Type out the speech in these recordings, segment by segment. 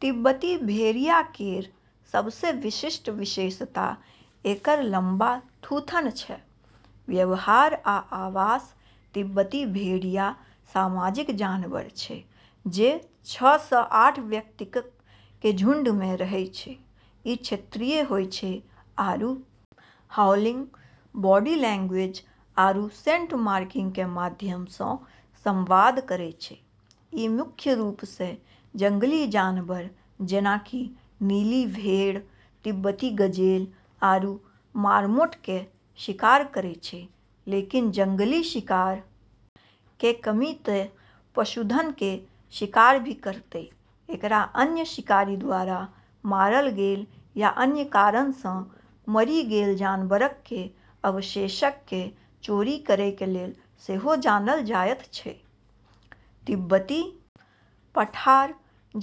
तिब्बती भेड़िया केरऽ सबसें विशिष्ट विशेषता एकरऽ लम्बा थूथन छै। व्यवहार आ आवास तिब्बती भेड़िया सामाजिक जानवर छै जे छ स आठ व्यक्तिक कें झुंड मे रहय छै, ई क्षेत्रीय होय छै आरू हाउलिंग, बॉडी लैंग्वेज आरू सेंट मार्किंग के माध्यम स॑ संवाद करै छै, ई मुख्य रूप से जंगली जानवर जेना कि नीली भेड़, तिब्बती गजेल आरू मार्मोट के शिकार करै छै लेकिन जंगली शिकार के कमी ते पशुधन के शिकार भी करतै, एकरा अन्य शिकारी द्वारा मारल गेल या अन्य कारण सं मरि गेल जानवरक कें अवशेषक कें चोरी करय कें लेल सेहो जानल जायत छै, तिब्बती पठार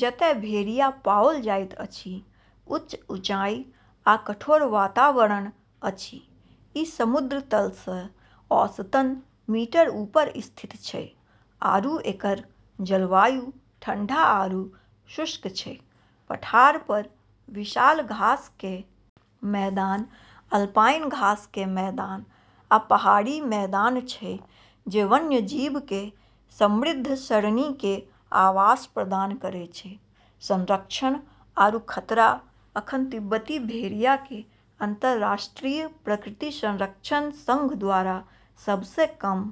जतय भेड़िया पाओल जाइत अछि, उच्च ऊँचाई आ कठोर वातावरण अछि, ई समुद्र तल से औसतन मीटर ऊपर स्थित छै, आरू एकरऽ जलवायु ठंडा आरू शुष्क छै, पठार पर विशाल घास के मैदान, अल्पाइन घास के मैदान, आ पहाड़ी मैदान छै जे वन्यजीव के समृद्ध सरणी के आवास प्रदान करै छै, संरक्षण आरू खतरा अखन तिब्बती भेड़िया के अंतरराष्ट्रीय प्रकृति संरक्षण संघ द्वारा सबसें कम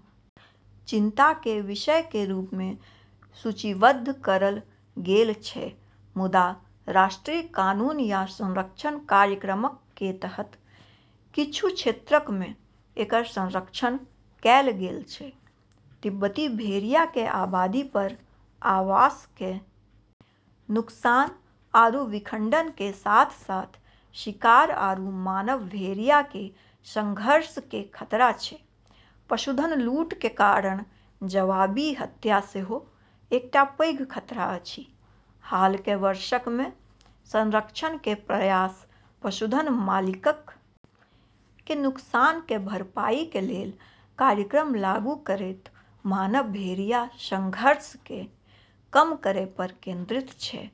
चिंता के विषय के रूप मे सूचीबद्ध करलऽ गेलऽ छै मुदा राष्ट्रीय कानून या संरक्षण कार्यक्रमक कें तहत किच्छू क्षेत्रक मे एकर संरक्षण कैल गेल छै, तिब्बती भेड़िया के आबादी पर आवास के नुकसान आरू विखंडन के साथ-साथ शिकार आरू मानव-भेड़िया के संघर्ष के खतरा छै, पशुधन लूट के कारण जवाबी हत्या सेहो एकटा पैघ खतरा अछि, हाल कें वर्षक मे संरक्षण कें प्रयास पशुधन मालिकक कें नुकसान कें भरपाई कें लेल कार्यक्रम लागू करयत मानव-भेड़िया संघर्ष कें कम करय पर केंद्रित छै,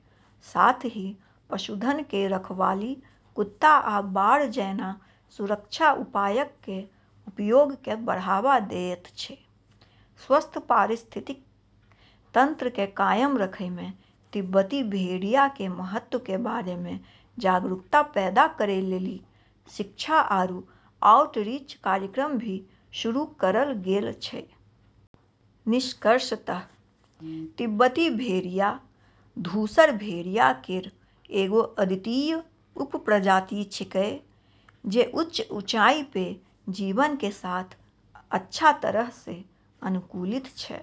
साथ ही पशुधन कें रखवाली कुत्ता आ बाड़ जैना सुरक्षा उपायक कें उपयोग कें बढ़ावा देयत छै, स्वस्थ पारिस्थितिकी तंत्र के कायम रखै मे तिब्बती भेड़िया के महत्व के बारे मे जागरूकता पैदा करै लेली शिक्षा आरू आउटरीच कार्यक्रम भी शुरू करलऽ गेलऽ छै। निष्कर्षतः तिब्बती भेड़िया धूसर भेड़िया केरऽ एगो अद्वितीय उपप्रजाति छेकै जे उच्च ऊँचाई पे जीवन के साथ अच्छा तरह से अनुकूलित छै।